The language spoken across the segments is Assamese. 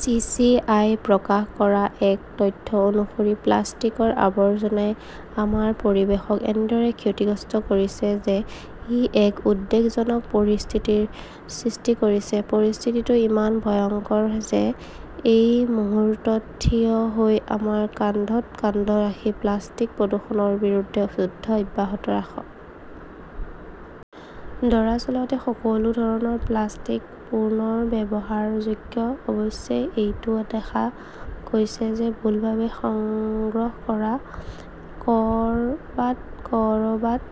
চি. চি. আই. প্ৰকাশ কৰা এক তথ্য অনুসৰি, প্লাষ্টিকৰ আৱৰ্জনাই আমাৰ পৰিৱেশক এনেদৰে ক্ষতিগ্ৰস্ত কৰিছে যে ই এক উদ্বেগজনক পৰিস্থিতিৰ সৃষ্টি কৰিছে। পৰিস্থিতিটো ইমান ভয়ংকৰ যে এই মুহূৰ্তত থিয় হৈ আমাৰ কান্ধত কান্ধ ৰাখি প্লাষ্টিক প্ৰদূষণৰ বিৰুদ্ধে যুদ্ধ অব্যাহত ৰাখক। দৰাচলতে, সকলো ধৰণৰ প্লাষ্টিক পুনৰ্ব্যৱহাৰযোগ্য। অৱশ্যে এইটো দেখা গৈছে যে ভুলভাৱে সংগ্ৰহ কৰা কৰবাত-কৰবাত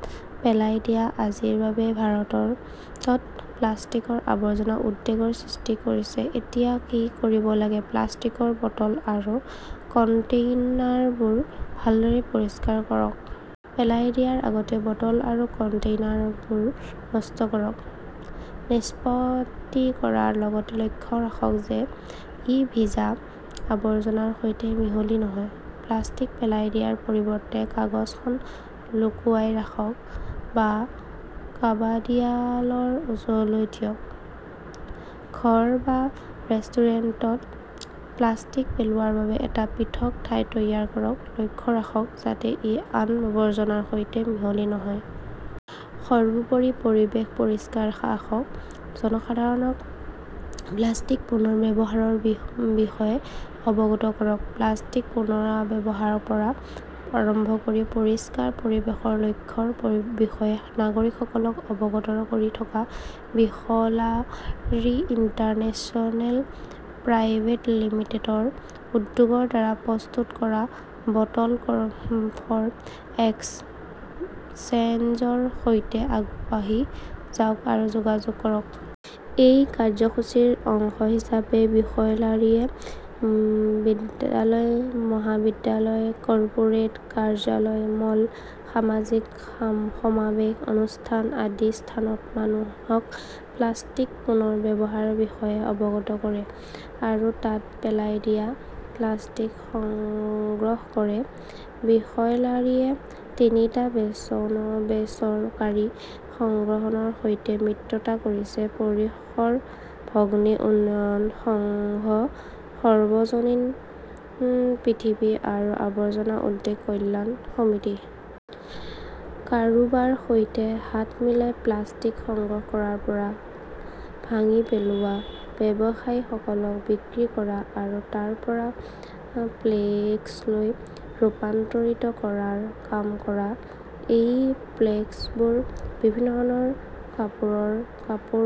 পেলাই দিয়া আজিৰ বাবেই ভাৰতত প্লাষ্টিকৰ আৱৰ্জনা উদ্বেগৰ সৃষ্টি কৰিছে। এতিয়া কি কৰিব লাগে? প্লাষ্টিকৰ বটল আৰু কণ্টেইনাৰবোৰ ভালদৰে পৰিষ্কাৰ কৰক। পেলাই দিয়াৰ আগতে বটল আৰু কণ্টেইনাৰবোৰ নষ্ট কৰক। নিষ্পত্তি কৰাৰ আগতে লক্ষ্য ৰাখক যে ই ভিজা আৱৰ্জনাৰ সৈতে মিহলি নহয়। প্লাষ্টিক পেলাই দিয়াৰ পৰিৱৰ্তে কাগজখন লুকুৱাই ৰাখক বা কাবাদীৱালাৰ ওচৰলৈ দিয়ক। ঘৰ বা ৰেষ্টুৰেণ্টত প্লাষ্টিক পেলোৱাৰ বাবে এটা পৃথক ঠাই তৈয়াৰ কৰক, লক্ষ্য ৰাখক যাতে ই আন আৱৰ্জনাৰ সৈতে মিহলি নহয়। সৰ্বোপৰি, পৰিৱেশ পৰিষ্কাৰ ৰাখক। জনসাধাৰণক প্লাষ্টিক পুনৰাব্যৱহাৰৰ বিষয়ে অৱগত কৰক। প্লাষ্টিক পুনৰ্ব্যৱহাৰৰ পৰা আৰম্ভ কৰি পৰিষ্কাৰ পৰিৱেশৰ লক্ষ্যৰ বিষয়ে নাগৰিকসকলক অৱগত কৰি থকা বিসলাৰী ইণ্টাৰনেশ্যনেল প্ৰাইভেট লিমিটেডৰ উদ্যোগৰ দ্বাৰা প্ৰস্তুত কৰা বটল ফৰ এক্সচেঞ্জৰ সৈতে আগবাঢ়ি যাওক আৰু যোগদান কৰক। এই কাৰ্যসূচীৰ অংশ হিচাপে বিসলাৰীয়ে বিদ্যালয়, মহাবিদ্যালয়, কৰ্পোৰেট, কাৰ্যালয়, মল, সামাজিক সমাৱেশ, অনুষ্ঠান আদি স্থানত মানুহক প্লাষ্টিক পুনৰ ব্যৱহাৰৰ বিষয়ে অৱগত কৰে আৰু তাত পেলাই দিয়া প্লাষ্টিক সংগ্ৰহ কৰে। বিসলাৰীয়ে তিনিটা বেচৰকাৰী সংগঠনৰ সৈতে মিত্ৰতা কৰিছে পৰিসৰ ভগ্নী উন্নয়ন সংঘ, সৰ্বজনীন পৃথিৱী আৰু আৱৰ্জনা উদ্বেগ কল্যাণ সমিতি। কাৰোবাৰ সৈতে হাত মিলাই প্লাষ্টিক সংগ্ৰহ কৰাৰ পৰা ভাঙি পেলোৱা, ব্যৱসায়ীসকলক বিক্ৰী কৰা, আৰু তাৰ পৰা প্লেক্সলৈ ৰূপান্তৰিত কৰাৰ কাম কৰে। এই প্লেক্সবোৰ বিভিন্ন ধৰণৰ কাপোৰৰ কাপোৰ,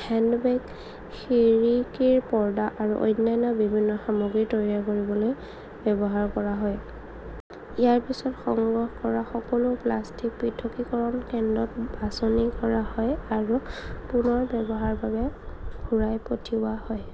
হেণ্ড বেগ, খিৰিকীৰ পৰ্দা আৰু অন্যান্য বিভিন্ন সামগ্ৰী তৈয়াৰ কৰিবলৈ ব্যৱহাৰ কৰা হয়। ইয়াৰ পিছত সংগ্ৰহ কৰা সকলো প্লাষ্টিক পৃথকীকৰণ কেন্দ্ৰত বাছনি কৰা হয় আৰু পুনৰ ব্যৱহাৰ বাবে ঘূৰাই পঠিওৱা হয়।